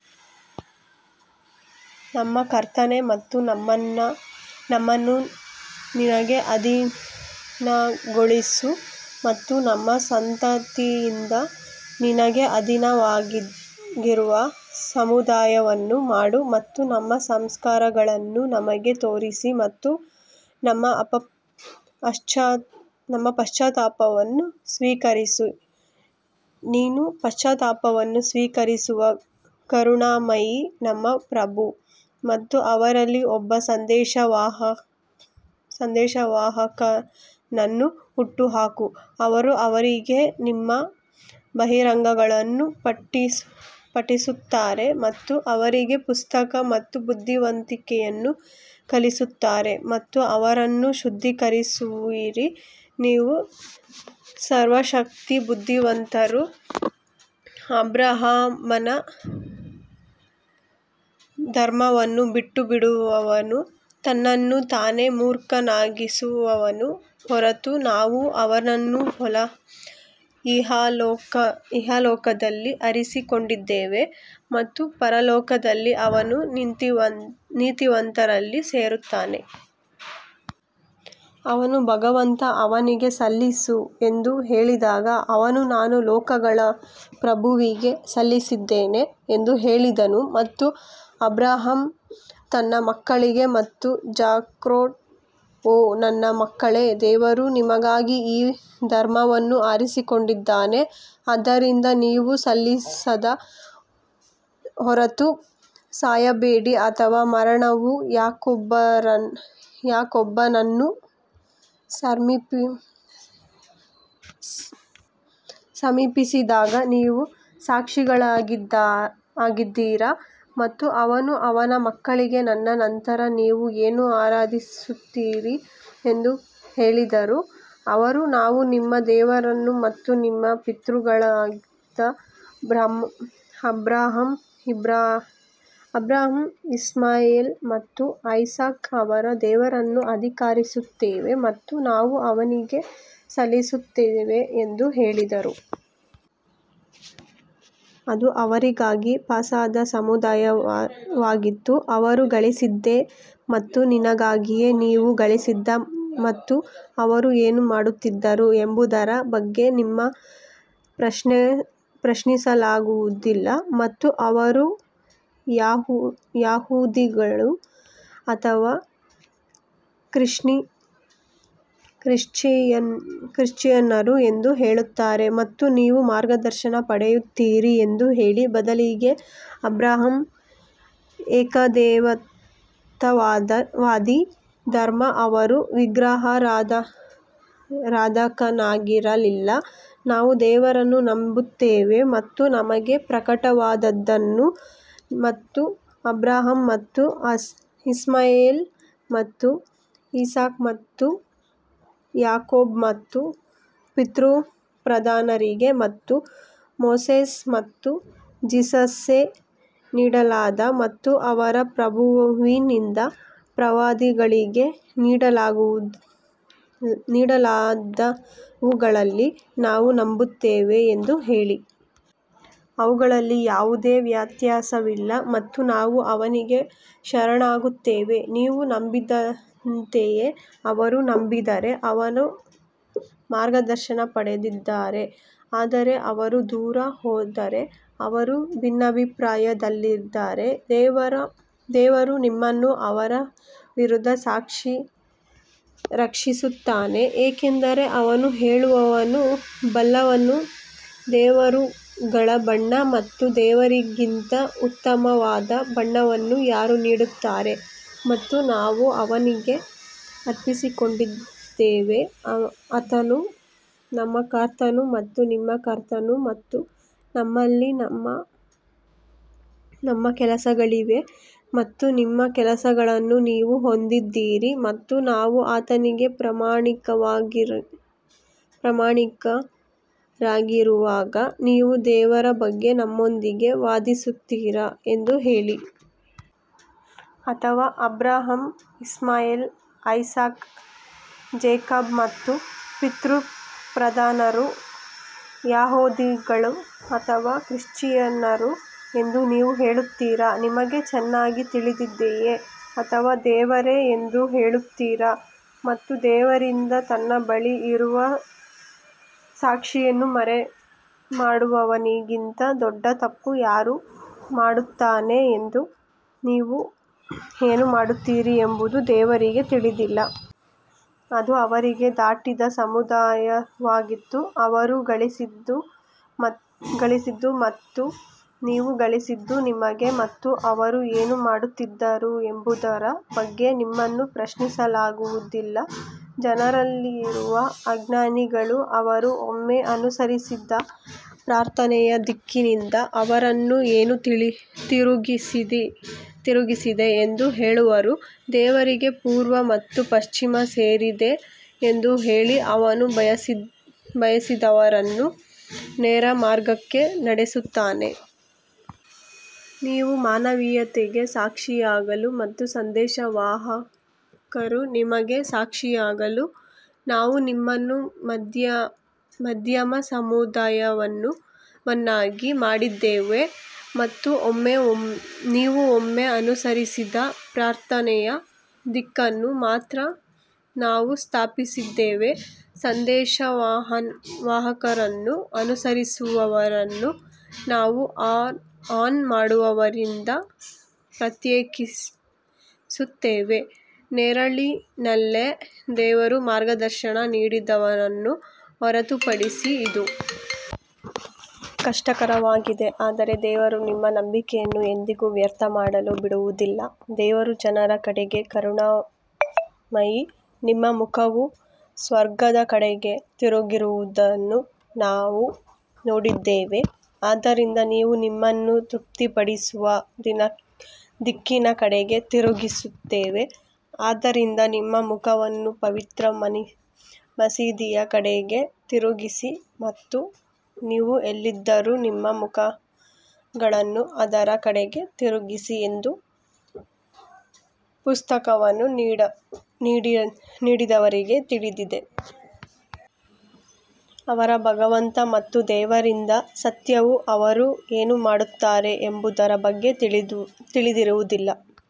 ನಮ್ಮ ಕರ್ತನೇ ಮತ್ತು ನಮ್ಮನ್ನು ನಿನಗೆ ಅಧೀನಗೊಳಿಸು ಮತ್ತು ನಮ್ಮ ಸಂತತಿಯಿಂದ ನಿನಗೆ ಅಧೀನವಾಗಿರುವ ಸಮುದಾಯವನ್ನು ಮಾಡು ಮತ್ತು ನಮ್ಮ ಸಂಸ್ಕಾರಗಳನ್ನು ನಮಗೆ ತೋರಿಸಿ ಮತ್ತು ನಮ್ಮ ಪಶ್ಚಾತ್ತಾಪವನ್ನು ಸ್ವೀಕರಿಸಿ ನೀನು ಪಶ್ಚಾತ್ತಾಪವನ್ನು ಸ್ವೀಕರಿಸುವ ಕರುಣಾಮಯಿ ನಮ್ಮ ಪ್ರಭು ಮತ್ತು ಅವರಲ್ಲಿ ಒಬ್ಬ ಸಂದೇಶವಾಹಕನನ್ನು ಹುಟ್ಟುಹಾಕು, ಅವರು ಅವರಿಗೆ ನಿಮ್ಮ ಬಹಿರಂಗಗಳನ್ನು ಪಠಿಸುತ್ತಾರೆ ಮತ್ತು ಅವರಿಗೆ ಪುಸ್ತಕ ಮತ್ತು ಬುದ್ಧಿವಂತಿಕೆಯನ್ನು ಕಲಿಸುತ್ತಾರೆ ಮತ್ತು ಅವರನ್ನು ಶುದ್ಧೀಕರಿಸುವಿರಿ, ನೀವು ಸರ್ವಶಕ್ತ ಬುದ್ಧಿವಂತರು ಅಬ್ರಹಾಮನ ಧರ್ಮವನ್ನು ಬಿಟ್ಟುಬಿಡುವವನು ತನ್ನನ್ನು ತಾನೇ ಮೂರ್ಖನಾಗಿಸುವವನ ಹೊರತು ನಾವು ಅವನನ್ನು ಇಹಲೋಕದಲ್ಲಿ ಆರಿಸಿಕೊಂಡಿದ್ದೇವೆ ಮತ್ತು ಪರಲೋಕದಲ್ಲಿ ಅವನು ನೀತಿವಂತರಲ್ಲಿ ಸೇರುತ್ತಾನೆ. ಅವನ ಭಗವಂತ ಅವನಿಗೆ ಸಲ್ಲಿಸು ಎಂದು ಹೇಳಿದಾಗ ಅವನು ನಾನು ಲೋಕಗಳ ಪ್ರಭುವಿಗೆ ಸಲ್ಲಿಸಿದ್ದೇನೆ ಎಂದು ಹೇಳಿದನು ಮತ್ತು ಅಬ್ರಹಾಂ ತನ್ನ ಮಕ್ಕಳಿಗೆ ಮತ್ತು ಜಾಕೋಬ್ ಓ ನನ್ನ ಮಕ್ಕಳೇ ದೇವರು ನಿಮಗಾಗಿ ಈ ಧರ್ಮವನ್ನು ಆರಿಸಿಕೊಂಡಿದ್ದಾನೆ ಆದ್ದರಿಂದ ನೀವು ಸಲ್ಲಿಸದ ಹೊರತು ಸಾಯಬೇಡಿ ಅಥವಾ ಮರಣವು ಯಾಕೋಬನನ್ನು ಸಮೀಪಿಸಿದಾಗ ನೀವು ಸಾಕ್ಷಿಗಳಾಗಿದ್ದೀರಾ ಮತ್ತು ಅವನು ಅವನ ಮಕ್ಕಳಿಗೆ ನನ್ನ ನಂತರ ನೀವು ಏನು ಆರಾಧಿಸುತ್ತೀರಿ ಎಂದು ಹೇಳಿದರು ಅವರು ನಾವು ನಿಮ್ಮ ದೇವರನ್ನು ಮತ್ತು ನಿಮ್ಮ ಪಿತೃಗಳಾದ ಅಬ್ರಹಾಂ ಇಸ್ಮಾಯೆಲ್ ಮತ್ತು ಐಸಾಕ್ ಅವರ ದೇವರನ್ನು ಆರಾಧಿಸುತ್ತೇವೆ ಮತ್ತು ನಾವು ಅವನಿಗೆ ಸಲ್ಲಿಸುತ್ತೇವೆ ಎಂದು ಹೇಳಿದರು. ಅದು ಅವರಿಗಾಗಿ ಪಾಸಾದ ಸಮುದಾಯವಾಗಿತ್ತು ಅವರು ಗಳಿಸಿದ್ದೇ ಮತ್ತು ನಿನಗಾಗಿಯೇ ನೀವು ಗಳಿಸಿದ್ದು ಮತ್ತು ಅವರು ಏನು ಮಾಡುತ್ತಿದ್ದರು ಎಂಬುದರ ಬಗ್ಗೆ ನಿಮ್ಮನ್ನು ಪ್ರಶ್ನಿಸಲಾಗುವುದಿಲ್ಲ. ಮತ್ತು ಅವರು ಯಹೂದಿಗಳು ಅಥವಾ ಕ್ರಿಶ್ಚಿಯನ್ನರು ಎಂದು ಹೇಳುತ್ತಾರೆ ಮತ್ತು ನೀವು ಮಾರ್ಗದರ್ಶನ ಪಡೆಯುತ್ತೀರಿ ಎಂದು ಹೇಳಿ ಬದಲಿಗೆ ಅಬ್ರಹಾಂ ಏಕದೇವತಾವಾದಿ ಧರ್ಮ ಅವನು ವಿಗ್ರಹಾರಾಧಕನಾಗಿರಲಿಲ್ಲ ನಾವು ದೇವರನ್ನು ನಂಬುತ್ತೇವೆ ಮತ್ತು ನಮಗೆ ಪ್ರಕಟವಾದದ್ದನ್ನು ಮತ್ತು ಅಬ್ರಹಾಂ ಮತ್ತು ಇಸ್ಮಾಯೆಲ್ ಮತ್ತು ಇಸಾಕ್ ಮತ್ತು ಯಾಕೋಬ್ ಮತ್ತು ಪಿತೃಪ್ರಧಾನರಿಗೆ ಮತ್ತು ಮೋಸೆಸ್ ಮತ್ತು ಜೀಸಸ್ಗೆ ನೀಡಲಾದ ಮತ್ತು ಅವರ ಪ್ರಭುವಿನಿಂದ ಪ್ರವಾದಿಗಳಿಗೆ ನೀಡಲಾದವುಗಳಲ್ಲಿ ನಾವು ನಂಬುತ್ತೇವೆ ಎಂದು ಹೇಳಿ. ಅವುಗಳಲ್ಲಿ ಯಾವುದೇ ವ್ಯತ್ಯಾಸವಿಲ್ಲ ಮತ್ತು ನಾವು ಅವನಿಗೆ ಶರಣಾಗುತ್ತೇವೆ ನೀವು ನಂಬಿದಂತೆಯೇ ಅವರು ನಂಬಿದರೆ ಅವರು ಮಾರ್ಗದರ್ಶನ ಪಡೆದಿದ್ದಾರೆ ಆದರೆ ಅವರು ದೂರ ಹೋದರೆ ಅವರು ಭಿನ್ನಾಭಿಪ್ರಾಯದಲ್ಲಿದ್ದರೆ ದೇವರು ನಿಮ್ಮನ್ನು ಅವರ ವಿರುದ್ಧ ರಕ್ಷಿಸುತ್ತಾನೆ ಏಕೆಂದರೆ ಅವನು ಕೇಳುವವನು ಬಲ್ಲವನು ದೇವರುಗಳ ಬಣ್ಣ ಮತ್ತು ದೇವರಿಗಿಂತ ಉತ್ತಮವಾದ ಬಣ್ಣವನ್ನು ಯಾರು ನೀಡುತ್ತಾರೆ ಮತ್ತು ನಾವು ಅವನಿಗೆ ಅರ್ಪಿಸಿಕೊಂಡಿದ್ದೇವೆ ಆತನು ನಮ್ಮ ಕರ್ತನು ಮತ್ತು ನಿಮ್ಮ ಕರ್ತನು ಮತ್ತು ನಮ್ಮಲ್ಲಿ ನಮ್ಮ ಕೆಲಸಗಳಿವೆ ಮತ್ತು ನಿಮ್ಮ ಕೆಲಸಗಳನ್ನು ನೀವು ಹೊಂದಿದ್ದೀರಿ ಮತ್ತು ನಾವು ಆತನಿಗೆ ಪ್ರಾಮಾಣಿಕರಾಗಿರುವಾಗ ನೀವು ದೇವರ ಬಗ್ಗೆ ನಮ್ಮೊಂದಿಗೆ ವಾದಿಸುತ್ತೀರಾ ಎಂದು ಹೇಳಿ. ಅಥವಾ ಅಬ್ರಹಾಂ ಇಸ್ಮಾಯೆಲ್ ಐಸಾಕ್ ಜೇಕಬ್ ಮತ್ತು ಪಿತೃಪ್ರಧಾನರು ಯಹೂದಿಗಳು ಅಥವಾ ಕ್ರಿಶ್ಚಿಯನ್ನರು ಎಂದು ನೀವು ಹೇಳುತ್ತೀರಾ, ನಿಮಗೆ ಚೆನ್ನಾಗಿ ತಿಳಿದಿದೆಯೇ ಅಥವಾ ದೇವರೇ ಎಂದು ಹೇಳುತ್ತೀರಾ ಮತ್ತು ದೇವರಿಂದ ತನ್ನ ಬಳಿ ಇರುವ ಸಾಕ್ಷಿಯನ್ನು ಮರೆಮಾಡುವವನಿಗಿಂತ ದೊಡ್ಡ ತಪ್ಪು ಯಾರು ಮಾಡುತ್ತಾನೆ ಎಂದು ನೀವು ಏನು ಮಾಡುತ್ತೀರಿ ಎಂಬುದು ದೇವರಿಗೆ ತಿಳಿದಿಲ್ಲ. ಅದು ಅವರಿಗೆ ದಾಟಿದ ಸಮುದಾಯವಾಗಿತ್ತು ಅವರು ಗಳಿಸಿದ್ದು ಮತ್ತು ನೀವು ಗಳಿಸಿದ್ದು ನಿಮಗೆ ಮತ್ತು ಅವರು ಏನು ಮಾಡುತ್ತಿದ್ದರು ಎಂಬುದರ ಬಗ್ಗೆ ನಿಮ್ಮನ್ನು ಪ್ರಶ್ನಿಸಲಾಗುವುದಿಲ್ಲ. ಜನರಲ್ಲಿರುವ ಅಜ್ಞಾನಿಗಳು ಅವರು ಒಮ್ಮೆ ಅನುಸರಿಸಿದ ಪ್ರಾರ್ಥನೆಯ ದಿಕ್ಕಿನಿಂದ ಅವರನ್ನು ಏನು ತಿರುಗಿಸಿದೆ ಎಂದು ಹೇಳುವರು, ದೇವರಿಗೆ ಪೂರ್ವ ಮತ್ತು ಪಶ್ಚಿಮ ಸೇರಿದೆ ಎಂದು ಹೇಳಿ ಅವನು ಬಯಸಿದವರನ್ನು ನೇರ ಮಾರ್ಗಕ್ಕೆ ನಡೆಸುತ್ತಾನೆ. ನೀವು ಮಾನವೀಯತೆಗೆ ಸಾಕ್ಷಿಯಾಗಲು ಮತ್ತು ಸಂದೇಶವಾಹಕರು ನಿಮಗೆ ಸಾಕ್ಷಿಯಾಗಲು ನಾವು ನಿಮ್ಮನ್ನು ಮಧ್ಯಮ ಸಮುದಾಯವನ್ನಾಗಿ ಮಾಡಿದ್ದೇವೆ ಮತ್ತು ನೀವು ಒಮ್ಮೆ ಅನುಸರಿಸಿದ ಪ್ರಾರ್ಥನೆಯ ದಿಕ್ಕನ್ನು ಮಾತ್ರ ನಾವು ಸ್ಥಾಪಿಸಿದ್ದೇವೆ, ಸಂದೇಶವಾಹಕರನ್ನು ಅನುಸರಿಸುವವರನ್ನು ನಾವು ಆನ್ ಮಾಡುವವರಿಂದ ಪ್ರತ್ಯೇಕಿಸುತ್ತೇವೆ. ನೆರಳಿನಲ್ಲೇ ದೇವರು ಮಾರ್ಗದರ್ಶನ ನೀಡಿದವರನ್ನು ಹೊರತುಪಡಿಸಿ ಇದು ಕಷ್ಟಕರವಾಗಿದೆ ಆದರೆ ದೇವರು ನಿಮ್ಮ ನಂಬಿಕೆಯನ್ನು ಎಂದಿಗೂ ವ್ಯರ್ಥ ಮಾಡಲು ಬಿಡುವುದಿಲ್ಲ ದೇವರು ಜನರ ಕಡೆಗೆ ಕರುಣಾಮಯಿ ನಿಮ್ಮ ಮುಖವು ಸ್ವರ್ಗದ ಕಡೆಗೆ ತಿರುಗಿರುವುದನ್ನು ನಾವು ನೋಡಿದ್ದೇವೆ ಆದ್ದರಿಂದ ನಾವು ನಿಮ್ಮನ್ನು ತೃಪ್ತಿಪಡಿಸುವ ದಿಕ್ಕಿನ ಕಡೆಗೆ ತಿರುಗಿಸುತ್ತೇವೆ ಆದ್ದರಿಂದ ನಿಮ್ಮ ಮುಖವನ್ನು ಪವಿತ್ರ ಮಸೀದಿಯ ಕಡೆಗೆ ತಿರುಗಿಸಿ ಮತ್ತು ನೀವು ಎಲ್ಲಿದ್ದರೂ ನಿಮ್ಮ ಮುಖಗಳನ್ನು ಅದರ ಕಡೆಗೆ ತಿರುಗಿಸಿ ಎಂದು ಪುಸ್ತಕವನ್ನು ನೀಡಿದವರಿಗೆ ತಿಳಿದಿದೆ. ಅವರ ಭಗವಂತ ಮತ್ತು ದೇವರಿಂದ ಸತ್ಯವು ಅವರು ಏನು ಮಾಡುತ್ತಾರೆ ಎಂಬುದರ ಬಗ್ಗೆ ತಿಳಿದಿರುವುದಿಲ್ಲ.